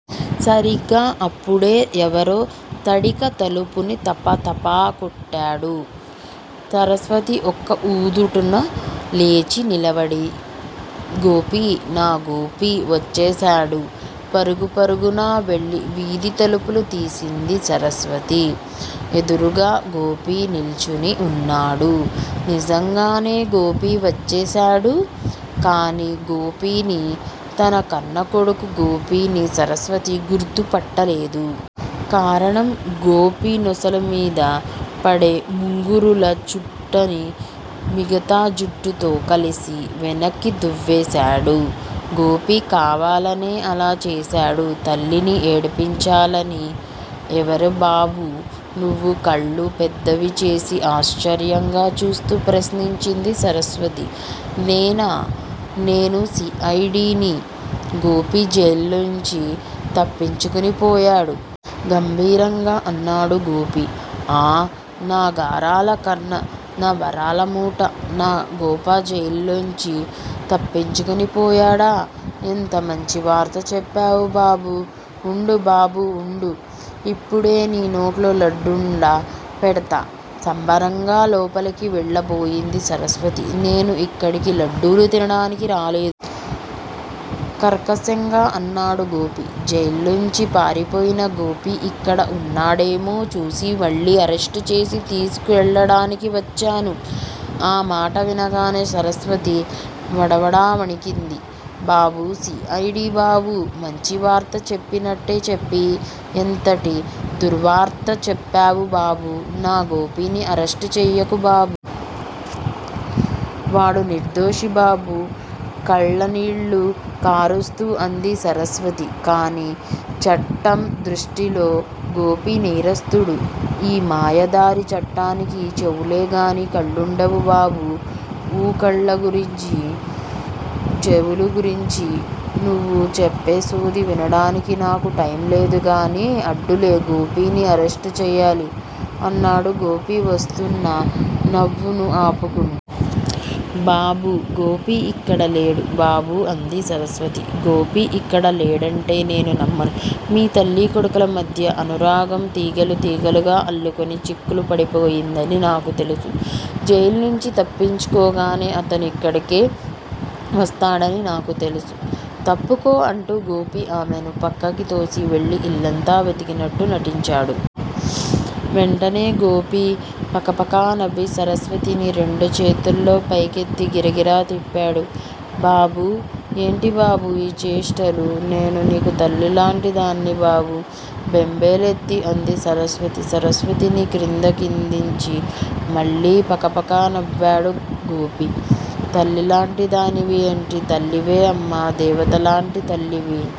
సరిగ్గా అప్పుడే ఎవరో తడిక తలుపుని తప తపా కొట్టాడు. సరస్వతి ఒక్క ఉదుటున లేచి నిలబడింది. గోపీ? నా గోపీ వచ్చేశాడు!! పరుగు పరుగున వెళ్ళి వీధి తలుపు తీసింది సరస్వతి. ఎదురుగా గోపి నిల్చుని ఉన్నాడు. నిజంగానే గోపి వచ్చేశాడు. కాని గోపిని, తన కన్నకొడుకు గోపిని సరస్వతి గుర్తు పట్టలేదు. కారణం గోపి నొసలుమీద పడే ముంగురుల చుట్టని మిగతా జుట్టుతో కలిసి వెనక్కి దువ్వేశాడు. గోపి కావాలనే అలాచేసాడు తల్లిని ఏడిపించాలని! ఎవరుబాబూ నువ్వు కళ్ళు పెద్దవిచేసి ఆశ్చర్యంగా చూస్తూ ప్రశ్నించింది సరస్వతి. నేనా? నేను సి. ఐ. డి. ని, గోపీ జైల్లోంచి తప్పించుకునిపోయాడు! గంభీరంగా అన్నాడు గోపి. ఆ. నా గారాలకన్న, నా వరాలమూట, నా గోప జైల్లోంచి తప్పించుకుని పోయాడా? ఎంత మంచి వార్త చెప్పావు బాబూ? ఉండు బాబూ ఉండు. ఇప్పుడే నీ నోట్లో లడ్డుండ పెడ్తా సంబరంగా లోపలికి వెళ్ళబోయింది సరస్వతి. నేను ఇక్కడికి లడ్డులు తినడానికి రాలేదు. కర్కశంగా అన్నాడు గోపి. జైల్లోంచి పారిపోయిన గోపి ఇక్కడ ఉన్నాడేమో చూసి మళ్ళీ అరెస్టుచేసి తీసుకెళ్ళడానికి వచ్చాను! ఆ మాట వినగానే సరస్వతి వడవడా వణికింది. బాబూ, సి. ఐ. డి. బాబూ. మంచివార్త చెప్పినట్టే చెప్పి ఎంతటి దుర్వార్త చెప్పావుబాబూ. నా గోపిని అరెస్టు చేయకు బాబూ. వాడు నిర్దోషి బాబూ కళ్ళనీళ్ళు కారుస్తూ అంది సరస్వతి. కానీ చట్టం దృష్టింలో గోపీ నేరస్థుడు. ఈ మాయదారి చట్టానికి చెవులేగానీ కళ్ళుండవు బాబూ. ఊ. కళ్ళగురించీ, చెవులగురించీ నువ్వు చెప్పేసోది వినడానికి నాకు టైంలేదుగానీ, అడ్డులే. గోపిని అరెస్టు చేయాలి! అన్నాడు గోపి వస్తున్న నవ్వును ఆపుకుంటూ. బాబూ! గోపి ఇక్కడలేడు బాబూ అంది సరస్వతి. గోపి ఇక్కడ లేడంటే నేను నమ్మను. మీ తల్లి కొడుకుల మధ్య అనురాగం తీగెలు తీగెలుగా అల్లుకొని చిక్కులుపడిపయిందని నాకు తెలుసు. జైలునుంచి తప్పించుకోగానే అతను ఇక్కడికే వస్తాడని నాకు తెల్సు. తప్పుకో అంటూ గోపి ఆమెని పక్కకితోసి వెళ్ళి ఇల్లంతా వెతికినట్టు నటించాడు. వెంటనే గోపి పకపకా నవ్వి సరస్వతిని రెండు చేతుల్తో పైకెత్తి గిరగిరా తిప్పాడు. బాబూ! ఏంటి బాబూ ఈచేష్టలూ. నేను నీకు తల్లిలాంటిదాన్ని బాబూ బెంబేలెత్తి అంది సరస్వతి. సరస్వతిని క్రిందకిదించి మళ్ళీ పకపకా నవ్వాడు గోపి. తల్లిలాంటిదానివి ఏంటి? తల్లివే అమ్మా. దేవతలాంటి తల్లివి!